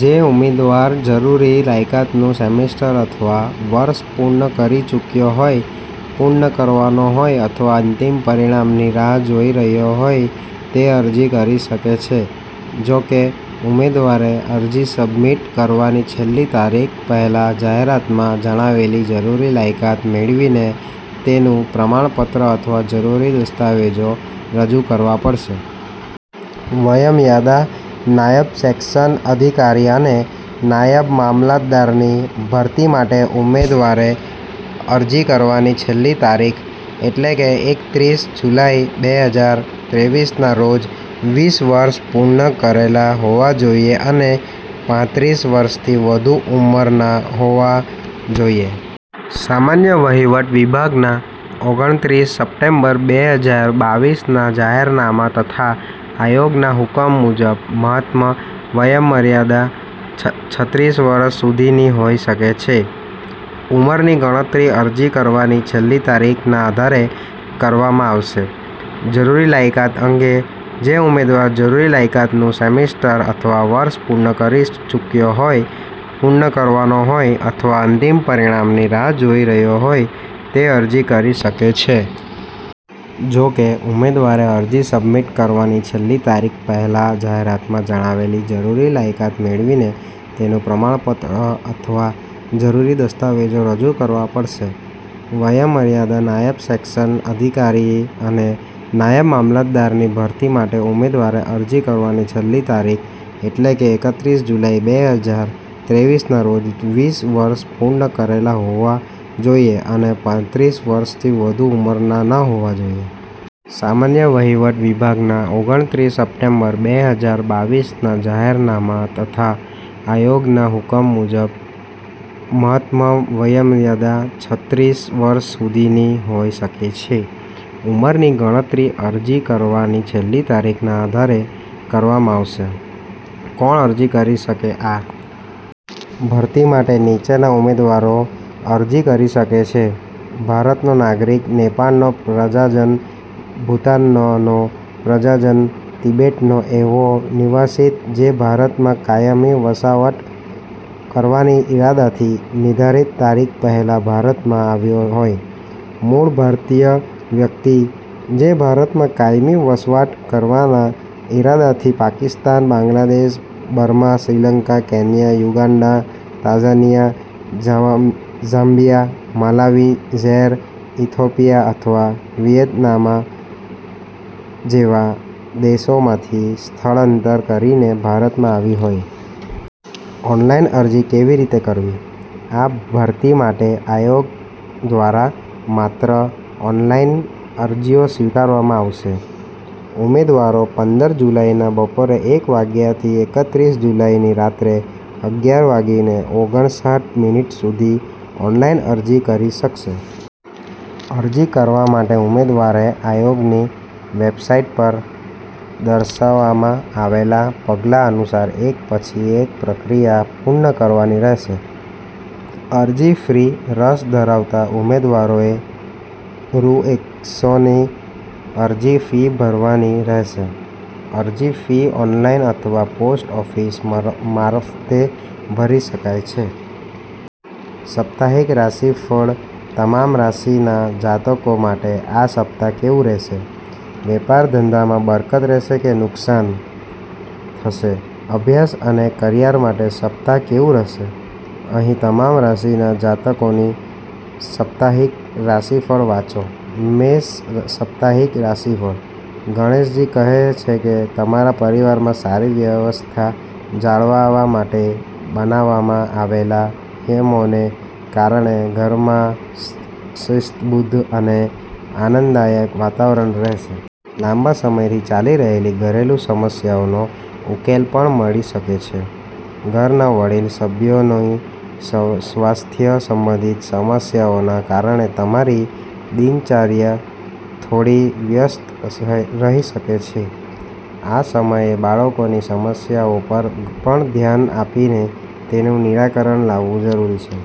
જે ઉમેદવાર જરૂરી લાયકાતનું સેમેસ્ટર અથવા વર્ષ પૂર્ણ કરી ચૂક્યો હોય, પૂર્ણ કરવાનો હોય અથવા અંતિમ પરિણામની રાહ જોઈ રહ્યો હોય તે અરજી કરી શકે છે. જોકે, ઉમેદવારે અરજી સબમિટ કરવાની છેલ્લી તારીખ પહેલાં જાહેરાતમાં જણાવેલી જરૂરી લાયકાત મેળવીને તેનું પ્રમાણપત્ર અથવા જરૂરી દસ્તાવેજો રજૂ કરવા પડશે. વયમર્યાદા, નાયબ સેક્શન અધિકારી અને નાયબ મામલતદારની ભરતી માટે ઉમેદવારે અરજી કરવાની છેલ્લી તારીખ, એટલે કે એકત્રીસ જુલાઈ બેહજાર ત્રેવીસના રોજ વીસ વર્ષ પૂર્ણ કરેલા હોવા જોઈએ અને પાંત્રીસ વર્ષથી વધુ ઉંમરના ન હોવા જોઈએ. સામાન્ય વહીવટ વિભાગના ઓગણત્રીસ સપ્ટેમ્બર બેહજાર બાવીસના જાહેરનામા તથા આયોગના હુકમ મુજબ, મહત્તમ વયમર્યાદા છત્રીસવર્ષ સુધીની હોઈ શકે છે. ઉંમરની ગણતરી અરજી કરવાની છેલ્લી તારીખના આધારે કરવામાં આવશે. જરૂરી લાયકાત અંગે, જે ઉમેદવાર જરૂરી લાયકાતનું સેમેસ્ટર અથવા વર્ષ પૂર્ણ કરી ચૂક્યો હોય, પૂર્ણ કરવાનો હોય અથવા અંતિમ પરિણામની રાહ જોઈ રહ્યો હોય તે અરજી કરી શકે છે. જોકે, ઉમેદવારે અરજી સબમિટ કરવાની છેલ્લી તારીખ પહેલાં જાહેરાતમાં જણાવેલી જરૂરી લાયકાત મેળવીને તેનું પ્રમાણપત્ર અથવા જરૂરી દસ્તાવેજો રજૂ કરવા પડશે. વયમર્યાદા, નાયબ સેક્શન અધિકારી અને નાયબ મામલતદારની ભરતી માટે ઉમેદવારે અરજી કરવાની છેલ્લી તારીખ, એટલે કે એકત્રીસ જુલાઈ બે હજાર ત્રેવીસના રોજ વીસ વર્ષ પૂર્ણ કરેલા હોવા જોઈએ અને પાંત્રીસ વર્ષથી વધુ ઉંમરના ન હોવા જોઈએ. સામાન્ય વહીવટ વિભાગના ઓગણત્રીસ સપ્ટેમ્બર બે હજાર બાવીસના જાહેરનામા તથા આયોગના હુકમ મુજબ, મહત્તમ વયમર્યાદા છત્રીસ વર્ષ સુધીની હોઈ શકે છે. ઉંમરની ગણતરી અરજી કરવાની છેલ્લી તારીખના આધારે કરવામાં આવશે. કોણ અરજી કરી શકે?આ ભરતી માટે નીચેના ઉમેદવારો અરજી કરી શકે છે: ભારતનો નાગરિક, નેપાળનો પ્રજાજન, ભૂતાનનો પ્રજાજન, તિબેટનો એવો નિર્વાસિત, જે ભારતમાં કાયમી વસવાટ કરવાના ઇરાદાથી નિર્ધારિત તારીખ પહેલાં ભારતમાં આવ્યો હોય. મૂળ ભારતીય વ્યક્તિ, જે ભારતમાં કાયમી વસવાટ કરવાના ઇરાદાથી Pakistan, Bangladesh, Burma, Sri Lanka, Kenya, Uganda, Tanzania, Zambia, Malawi, Zaire, Ethiopia અથવા વિયેતનામ જેવા દેશોમાંથી સ્થળાંતર કરીને ભારતમાં આવી હોય. ઓનલાઈન અરજી કેવી રીતે કરવી? આ ભરતી માટે આયોગ દ્વારા માત્ર ઓનલાઈન અરજીઓ સ્વીકારવામાં આવશે. ઉમેદવારો પંદર જુલાઈના બપોરે એક વાગ્યાથી એકત્રીસ જુલાઈની રાત્રે અગિયાર વાગીને ઓગણસાઠ મિનિટ સુધી ઓનલાઈન અરજી કરી શકશે. અરજી કરવા માટે ઉમેદવારે આયોગની વેબસાઈટ પર દર્શાવવામાં આવેલા પગલાં અનુસાર એક પછી એક પ્રક્રિયા પૂર્ણ કરવાની રહેશે. અરજી ફી, રસ ધરાવતા ઉમેદવારોએ રૂ. એકસોની અરજી ફી ભરવાની રહેશે, અરજી ફી ઓનલાઈન અથવા પોસ્ટ ઓફિસ મારફતે ભરી શકાય છે. સાપ્તાહિક રાશિફળ, તમામ રાશિના જાતકો માટે આ સપ્તાહ કેવું રહેશે? વેપાર-ધંધામાં બરકત રહેશે કે નુકસાન થશે? અભ્યાસ અને કરિયર માટે સપ્તાહ કેવું રહેશે? અહીં તમામ રાશિના જાતકોનું સાપ્તાહિક રાશિફળ વાંચો. મેષ સાપ્તાહિક રાશિફળ, ગણેશજી કહે છે કે તમારા પરિવારમાં સારી વ્યવસ્થા જાળવવા માટે બનાવવામાં આવેલા નિયમોને કારણે ઘરમાં શિસ્તબદ્ધ અને આનંદદાયક વાતાવરણ રહેશે. લાંબા સમયથી ચાલી રહેલી ઘરેલું સમસ્યાનો ઉકેલ પણ મળી શકે છે. ઘરના વડીલ સભ્યોની સ્વાસ્થ્ય સંબંધિત સમસ્યાઓના કારણે તમારી દિનચર્યા થોડી વ્યસ્ત રહી શકે છે. આ સમયે બાળકોની સમસ્યાઓ પર પણ ધ્યાન આપીને તેનું નિરાકરણ લાવવું જરૂરી છે.